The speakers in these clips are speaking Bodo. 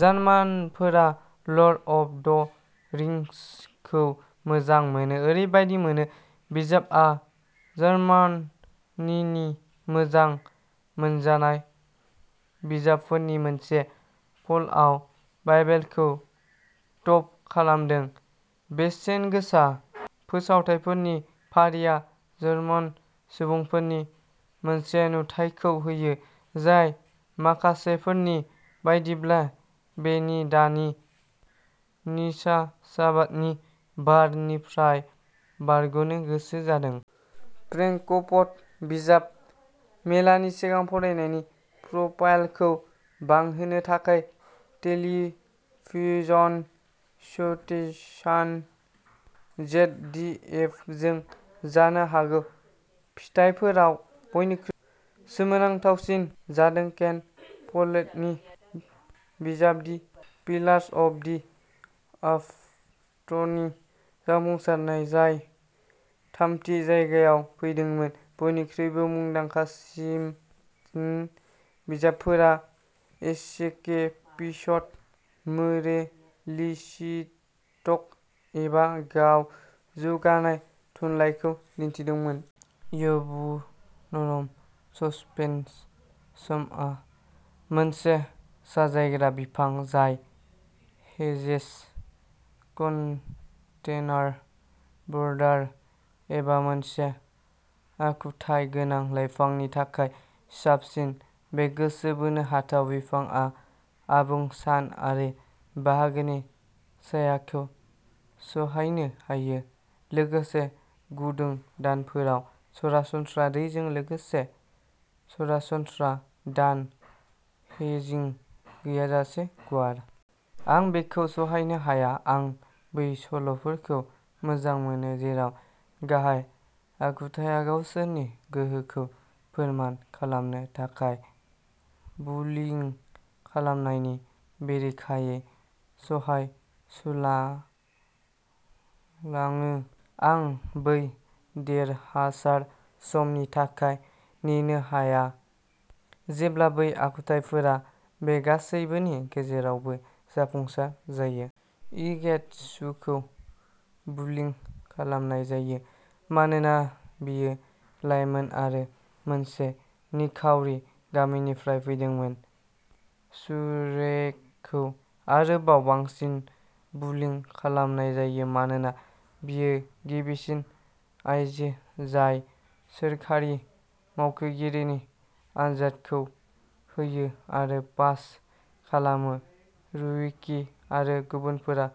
जार्मानफोरा लर्ड अफ द रिंसखौ मोजां मोनो। ओरैबादि मोनो। बिजाबआ जार्मानिनि मोजां मोनजानाय बिजाबफोरनि मोनसे पलआव बाइबेलखौ टप खालामदों। बेसेनगोसा फोसावथायफोरनि फारिया जार्मान सुबुंफोरनि मोनसे नुथायखौ होयो। जाय माखासेफोरनि बायदिब्ला बेनि दानि निराशाबादनि बार निफ्राय बारग'नो गोसो जादों। फ्रेंकफर्ट बिजाब मेलानि सिगां फरायनायनि प्रफाइलखौ बांहोनो थाखाय टेलीविजन स्टेशन जेडडिएफजों। जानो हागौ फिथाइफोराव बयनिख्रुइ सोमोनांथावसिन जादों केन फलेटनि बिजाब दि पिलार्स अफ दि आर्थनि जाफुंसारनाय। जाय थामथि जायगायाव फैदोंमोन। बयनिख्रुइबो मुंदांखासिन बिजाबफोरा एस्केपिस्ट, मोरेलिस्टिक एबा गाव जौगानाय थुनलाइखौ दिन्थिदोंमोन। विबुर्नम ससपेनसामआ मोनसे साजायग्रा बिफां जाय हेजेस कनटेनार बरदार एबा मोनसे आखुथाय गोनां लाइफांनि थाखाय साबसिन। बे गोसो बोनो हाथाव बिफांआ आबुं सान आरो बाहागोनि सायाखौ सहायनो हायो। लोगोसे गुदुं दानफोराव सरासनस्रा दैजों लोगोसे सरासनस्रा दान हेजिं गैयाजासे गुवार। आं बेखौ सहायनो हाया। आं बै सल'फोरखौ मोजां मोनो जेराव गाहाय आखुथाया गावसोरनि गोहोखौ फोरमान खालामनो थाखाय बुलिं खालामनायनि बेरेखायै सहायसुला लाङो। आं बै देरहासार समनि थाखाय नेनो हाया जेब्ला बै आखुथाइफोरा बे गासैबोनि गेजेरावबो जाफुंसार जायो। इगेतसुखौ बुलिं खालामनाय जायो। मानोना बियो लायमोन आरो मोनसे निखावरि गामिनिफ्राय फैदोंमोन। शुरेइखौ आरोबाव बांसिन बुलिं खालामनाय जायो। मानोना बियो गिबिसिन आइजो जाय सोरखारि मावख'गिरिनि आनजादखौ होयो आरो पास खालामो। रयुकि आरो गुबुनफोरा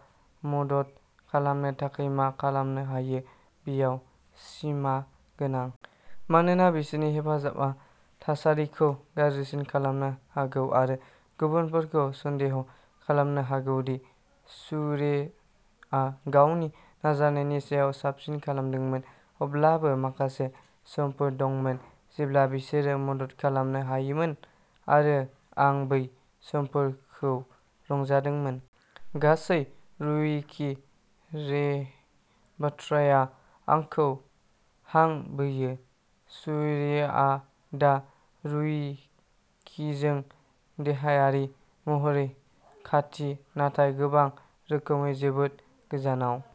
मदद खालामनो थाखाय मा खालामनो हायो बेयाव सिमा गोनां। मानोना बिसोरनि हेफाजाबआ थासारिखौ गाज्रिसिन खालामनो हागौ आरो गुबुनफोरखौ सन्देह खालामनो हागौ दि शुरेइआ गावनि नाजानायनि सायाव साबसिन खालामदोंमोन। अब्लाबो माखासे समफोर दंमोन जेब्ला बिसोरो मदद खालामनो हायोमोन आरो आं बै समफोरखौ रंजादोंमोन। गासै रयुकि रेइ बाथ्राया आंखौ हां बोयो। शुरेइआ दा रयुकिजों देहायारि महरै खाथि नाथाय गोबां रोखोमै जोबोद गोजानाव।